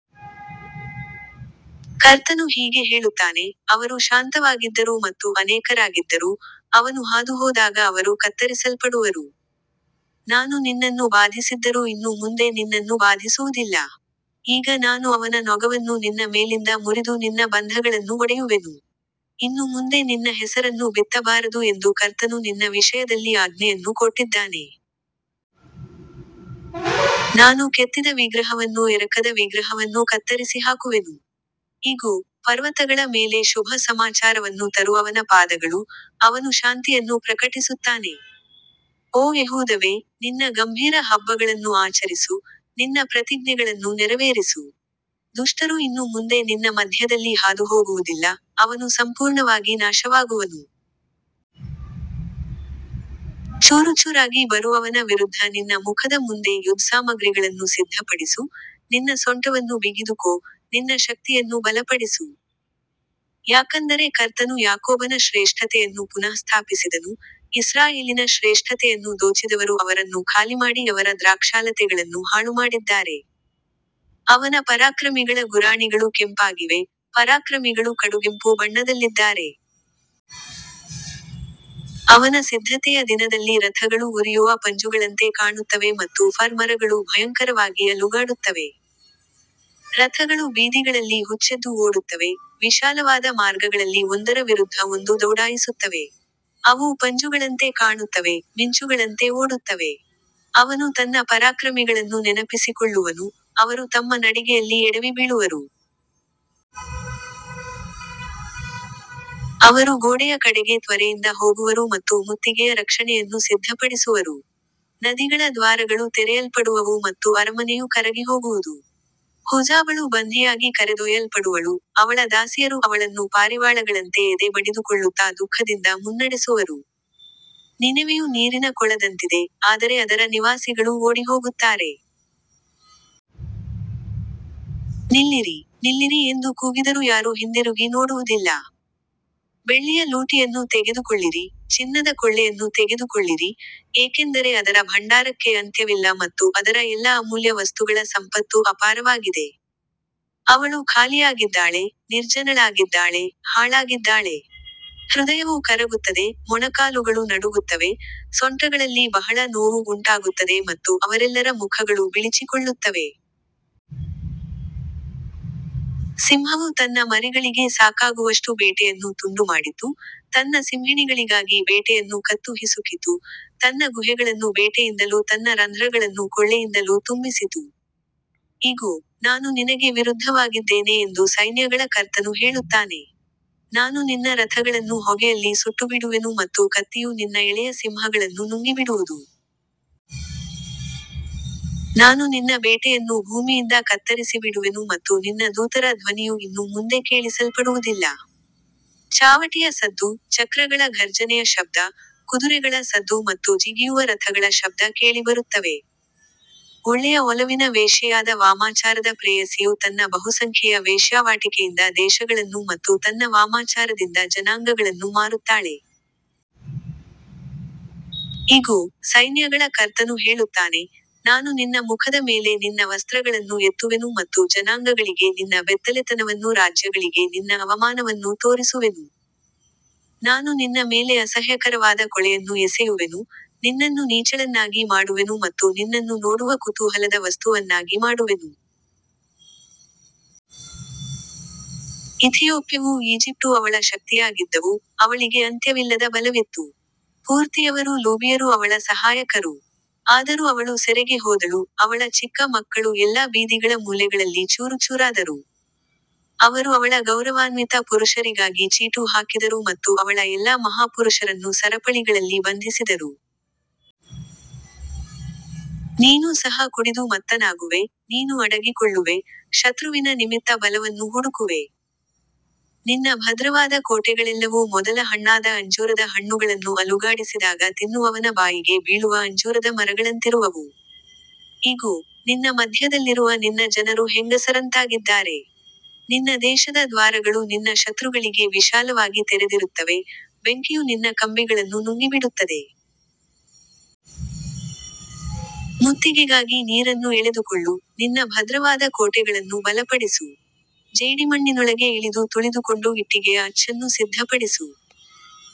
ಕರ್ತನು ಹೀಗೆ ಹೇಳುತ್ತಾನೆ, ಅವರು ಶಾಂತವಾಗಿದ್ದರೂ ಮತ್ತು ಅನೇಕರಾಗಿದ್ದರೂ, ಅವನು ಹಾದುಹೋದಾಗ ಅವರು ಕತ್ತರಿಸಲ್ಪಡುವರು. ನಾನು ನಿನ್ನನ್ನು ಬಾಧಿಸಿದ್ದರೂ ಇನ್ನು ಮುಂದೆ ನಿನ್ನನ್ನು ಬಾಧಿಸುವುದಿಲ್ಲ. ಈಗ ನಾನು ಅವನ ನೊಗವನ್ನು ನಿನ್ನ ಮೇಲಿಂದ ಮುರಿದು ನಿನ್ನ ಬಂಧಗಳನ್ನು ಒಡೆಯುವೆನು. ಇನ್ನು ಮುಂದೆ ನಿನ್ನ ಹೆಸರನ್ನು ಬಿತ್ತಬಾರದು ಎಂದು ಕರ್ತನು ನಿನ್ನ ವಿಷಯದಲ್ಲಿ ಆಜ್ಞೆಯನ್ನು ಕೊಟ್ಟಿದ್ದಾನೆ. ನಾನು ಕೆತ್ತಿದ ವಿಗ್ರಹವನ್ನೂ ಎರಕದ ವಿಗ್ರಹವನ್ನೂ ಕತ್ತರಿಸಿಹಾಕುವೆನು. ಇಗೋ, ಪರ್ವತಗಳ ಮೇಲೆ ಶುಭ ಸಮಾಚಾರವನ್ನು ತರುವವನ ಪಾದಗಳು, ಅವನು ಶಾಂತಿಯನ್ನು ಪ್ರಕಟಿಸುತ್ತಾನೆ. ಓ ಯೆಹೂದವೇ, ನಿನ್ನ ಗಂಭೀರ ಹಬ್ಬಗಳನ್ನು ಆಚರಿಸು, ನಿನ್ನ ಪ್ರತಿಜ್ಞೆಗಳನ್ನು ನೆರವೇರಿಸು. ದುಷ್ಟರು ಇನ್ನು ಮುಂದೆ ನಿನ್ನ ಮಧ್ಯದಲ್ಲಿ ಹಾದುಹೋಗುವುದಿಲ್ಲ, ಅವನು ಸಂಪೂರ್ಣವಾಗಿ ನಾಶವಾಗುವನು. ಚೂರುಚೂರಾಗಿ ಬರುವವನ ವಿರುದ್ಧ ನಿನ್ನ ಮುಖದ ಮುಂದೆ ಯುದ್ಧಸಾಮಗ್ರಿಗಳನ್ನು ಸಿದ್ಧಪಡಿಸು, ನಿನ್ನ ಸೊಂಟವನ್ನು ಬಿಗಿದುಕೋ, ನಿನ್ನ ಶಕ್ತಿಯನ್ನು ಬಲಪಡಿಸು. ಯಾಕಂದರೆ ಕರ್ತನು ಯಾಕೋಬನ ಶ್ರೇಷ್ಠತೆಯನ್ನು ಪುನಃಸ್ಥಾಪಿಸಿದನು, ಇಸ್ರಾಯೇಲಿನ ಶ್ರೇಷ್ಠತೆಯನ್ನು ದೋಚಿದವರು ಅವರನ್ನು ಖಾಲಿಮಾಡಿ ಅವರ ದ್ರಾಕ್ಷಾಲತೆಗಳನ್ನು ಹಾಳುಮಾಡಿದ್ದಾರೆ. ಅವನ ಪರಾಕ್ರಮಿಗಳ ಗುರಾಣಿಗಳು ಕೆಂಪಾಗಿವೆ, ಪರಾಕ್ರಮಿಗಳು ಕಡುಗೆಂಪು ಬಣ್ಣದಲ್ಲಿದ್ದಾರೆ. ಅವನ ಸಿದ್ಧತೆಯ ದಿನದಲ್ಲಿ ರಥಗಳು ಉರಿಯುವ ಪಂಜುಗಳಂತೆ ಕಾಣುತ್ತವೆ ಮತ್ತು ಫರ್ ಮರಗಳು ಭಯಂಕರವಾಗಿ ಅಲುಗಾಡುತ್ತವೆ. ರಥಗಳು ಬೀದಿಗಳಲ್ಲಿ ಹುಚ್ಚೆದ್ದು ಓಡುತ್ತವೆ, ವಿಶಾಲವಾದ ಮಾರ್ಗಗಳಲ್ಲಿ ಒಂದರ ವಿರುದ್ಧ ಒಂದು ದೌಡಾಯಿಸುತ್ತವೆ. ಅವು ಪಂಜುಗಳಂತೆ ಕಾಣುತ್ತವೆ, ಮಿಂಚುಗಳಂತೆ ಓಡುತ್ತವೆ. ಅವನು ತನ್ನ ಪರಾಕ್ರಮಿಗಳನ್ನು ನೆನಪಿಸಿಕೊಳ್ಳುವನು, ಅವರು ತಮ್ಮ ನಡಿಗೆಯಲ್ಲಿ ಎಡವಿಬೀಳುವರು. ಅವರು ಗೋಡೆಯ ಕಡೆಗೆ ತ್ವರೆಯಿಂದ ಹೋಗುವರು ಮತ್ತು ಮುತ್ತಿಗೆಯ ರಕ್ಷಣೆಯನ್ನು ಸಿದ್ಧಪಡಿಸುವರು. ನದಿಗಳ ದ್ವಾರಗಳು ತೆರೆಯಲ್ಪಡುವವು ಮತ್ತು ಅರಮನೆಯು ಕರಗಿಹೋಗುವುದು. ಹುಝಾಬಳು ಬಂಧಿಯಾಗಿ ಕರೆದೊಯ್ಯಲ್ಪಡುವಳು, ಅವಳ ದಾಸಿಯರು ಅವಳನ್ನು ಪಾರಿವಾಳಗಳಂತೆ ಎದೆ ಬಡಿದುಕೊಳ್ಳುತ್ತಾ ದುಃಖದಿಂದ ಮುನ್ನಡೆಸುವರು. ನಿನೆವೆಯು ನೀರಿನ ಕೊಳದಂತಿದೆ, ಆದರೆ ಅದರ ನಿವಾಸಿಗಳು ಓಡಿಹೋಗುತ್ತಾರೆ. ನಿಲ್ಲಿರಿ, ನಿಲ್ಲಿರಿ ಎಂದು ಕೂಗಿದರೂ ಯಾರೂ ಹಿಂದಿರುಗಿ ನೋಡುವುದಿಲ್ಲ. ಬೆಳ್ಳಿಯ ಲೂಟಿಯನ್ನು ತೆಗೆದುಕೊಳ್ಳಿರಿ, ಚಿನ್ನದ ಕೊಳ್ಳೆಯನ್ನು ತೆಗೆದುಕೊಳ್ಳಿರಿ, ಏಕೆಂದರೆ ಅದರ ಭಂಡಾರಕ್ಕೆ ಅಂತ್ಯವಿಲ್ಲ ಮತ್ತು ಅದರ ಎಲ್ಲಾ ಅಮೂಲ್ಯ ವಸ್ತುಗಳ ಸಂಪತ್ತು ಅಪಾರವಾಗಿದೆ. ಅವಳು ಖಾಲಿಯಾಗಿದ್ದಾಳೆ, ನಿರ್ಜನಳಾಗಿದ್ದಾಳೆ, ಹಾಳಾಗಿದ್ದಾಳೆ. ಹೃದಯವು ಕರಗುತ್ತದೆ, ಮೊಣಕಾಲುಗಳು ನಡುಗುತ್ತವೆ, ಸೊಂಟಗಳಲ್ಲಿ ಬಹಳ ನೋವು ಉಂಟಾಗುತ್ತದೆ ಮತ್ತು ಅವರೆಲ್ಲರ ಮುಖಗಳು ಬಿಳಿಚಿಕೊಳ್ಳುತ್ತವೆ. ಸಿಂಹವು ತನ್ನ ಮರಿಗಳಿಗೆ ಸಾಕಾಗುವಷ್ಟು ಬೇಟೆಯನ್ನು ತುಂಡುಮಾಡಿತು, ತನ್ನ ಸಿಂಹಿಣಿಗಳಿಗಾಗಿ ಬೇಟೆಯನ್ನು ಕತ್ತು ಹಿಸುಕಿತು, ತನ್ನ ಗುಹೆಗಳನ್ನು ಬೇಟೆಯಿಂದಲೂ ತನ್ನ ರಂಧ್ರಗಳನ್ನು ಕೊಳ್ಳೆಯಿಂದಲೂ ತುಂಬಿಸಿತು. ಇಗೋ, ನಾನು ನಿನಗೆ ವಿರುದ್ಧವಾಗಿದ್ದೇನೆ ಎಂದು ಸೈನ್ಯಗಳ ಕರ್ತನು ಹೇಳುತ್ತಾನೆ. ನಾನು ನಿನ್ನ ರಥಗಳನ್ನು ಹೊಗೆಯಲ್ಲಿ ಸುಟ್ಟುಬಿಡುವೆನು ಮತ್ತು ಕತ್ತಿಯು ನಿನ್ನ ಎಳೆಯ ಸಿಂಹಗಳನ್ನು ನುಂಗಿಬಿಡುವುದು. ನಾನು ನಿನ್ನ ಬೇಟೆಯನ್ನು ಭೂಮಿಯಿಂದ ಕತ್ತರಿಸಿಬಿಡುವೆನು ಮತ್ತು ನಿನ್ನ ದೂತರ ಧ್ವನಿಯು ಇನ್ನು ಮುಂದೆ ಕೇಳಿಸಲ್ಪಡುವುದಿಲ್ಲ. ಚಾವಟಿಯ ಸದ್ದು, ಚಕ್ರಗಳ ಘರ್ಜನೆಯ ಶಬ್ದ, ಕುದುರೆಗಳ ಸದ್ದು ಮತ್ತು ಜಿಗಿಯುವ ರಥಗಳ ಶಬ್ದ ಕೇಳಿಬರುತ್ತವೆ. ಒಳ್ಳೆಯ ಒಲವಿನ ವೇಶ್ಯೆಯಾದ ವಾಮಾಚಾರದ ಪ್ರೇಯಸಿಯು ತನ್ನ ಬಹುಸಂಖ್ಯೆಯ ವೇಶ್ಯಾವಾಟಿಕೆಯಿಂದ ದೇಶಗಳನ್ನು ಮತ್ತು ತನ್ನ ವಾಮಾಚಾರದಿಂದ ಜನಾಂಗಗಳನ್ನು ಮಾರುತ್ತಾಳೆ. ಇಗೋ, ಸೈನ್ಯಗಳ ಕರ್ತನು ಹೇಳುತ್ತಾನೆ, ನಾನು ನಿನ್ನ ಮುಖದ ಮೇಲೆ ನಿನ್ನ ವಸ್ತ್ರಗಳನ್ನು ಎತ್ತುವೆನು ಮತ್ತು ಜನಾಂಗಗಳಿಗೆ ನಿನ್ನ ಬೆತ್ತಲೆತನವನ್ನೂ ರಾಜ್ಯಗಳಿಗೆ ನಿನ್ನ ಅವಮಾನವನ್ನೂ ತೋರಿಸುವೆನು. ನಾನು ನಿನ್ನ ಮೇಲೆ ಅಸಹ್ಯಕರವಾದ ಕೊಳೆಯನ್ನು ಎಸೆಯುವೆನು, ನಿನ್ನನ್ನು ನೀಚಳನ್ನಾಗಿ ಮಾಡುವೆನು ಮತ್ತು ನಿನ್ನನ್ನು ನೋಡುವ ಕುತೂಹಲದ ವಸ್ತುವನ್ನಾಗಿ ಮಾಡುವೆನು. ಇಥಿಯೋಪ್ಯವೂ ಈಜಿಪ್ಟೂ ಅವಳ ಶಕ್ತಿಯಾಗಿದ್ದವು, ಅವಳಿಗೆ ಅಂತ್ಯವಿಲ್ಲದ ಬಲವಿತ್ತು. ಪೂರ್ತಿಯವರೂ ಲೂಬಿಯರೂ ಅವಳ ಸಹಾಯಕರು. ಆದರೂ ಅವಳು ಸೆರೆಗೆ ಹೋದಳು, ಅವಳ ಚಿಕ್ಕ ಮಕ್ಕಳು ಎಲ್ಲಾ ಬೀದಿಗಳ ಮೂಲೆಗಳಲ್ಲಿ ಚೂರುಚೂರಾದರು. ಅವರು ಅವಳ ಗೌರವಾನ್ವಿತ ಪುರುಷರಿಗಾಗಿ ಚೀಟು ಹಾಕಿದರು ಮತ್ತು ಅವಳ ಎಲ್ಲಾ ಮಹಾಪುರುಷರನ್ನು ಸರಪಳಿಗಳಲ್ಲಿ ಬಂಧಿಸಿದರು. ನೀನೂ ಸಹ ಕುಡಿದು ಮತ್ತನಾಗುವೆ, ನೀನು ಅಡಗಿಕೊಳ್ಳುವೆ, ಶತ್ರುವಿನ ನಿಮಿತ್ತ ಬಲವನ್ನು ಹುಡುಕುವೆ. ನಿನ್ನ ಭದ್ರವಾದ ಕೋಟೆಗಳೆಲ್ಲವೂ ಮೊದಲ ಹಣ್ಣಾದ ಅಂಜೂರದ ಹಣ್ಣುಗಳನ್ನು ಅಲುಗಾಡಿಸಿದಾಗ ತಿನ್ನುವವನ ಬಾಯಿಗೆ ಬೀಳುವ ಅಂಜೂರದ ಮರಗಳಂತಿರುವವು. ಇಗೋ, ನಿನ್ನ ಮಧ್ಯದಲ್ಲಿರುವ ನಿನ್ನ ಜನರು ಹೆಂಗಸರಂತಾಗಿದ್ದಾರೆ. ನಿನ್ನ ದೇಶದ ದ್ವಾರಗಳು ನಿನ್ನ ಶತ್ರುಗಳಿಗೆ ವಿಶಾಲವಾಗಿ ತೆರೆದಿರುತ್ತವೆ, ಬೆಂಕಿಯು ನಿನ್ನ ಕಂಬಿಗಳನ್ನು ನುಂಗಿಬಿಡುತ್ತದೆ. ಮುತ್ತಿಗೆಗಾಗಿ ನೀರನ್ನು ಎಳೆದುಕೊಳ್ಳು, ನಿನ್ನ ಭದ್ರವಾದ ಕೋಟೆಗಳನ್ನು ಬಲಪಡಿಸು. ಜೇಡಿಮಣ್ಣಿನೊಳಗೆ ಇಳಿದು ತುಳಿದುಕೊಂಡು ಇಟ್ಟಿಗೆಯ ಅಚ್ಚನ್ನು ಸಿದ್ಧಪಡಿಸು.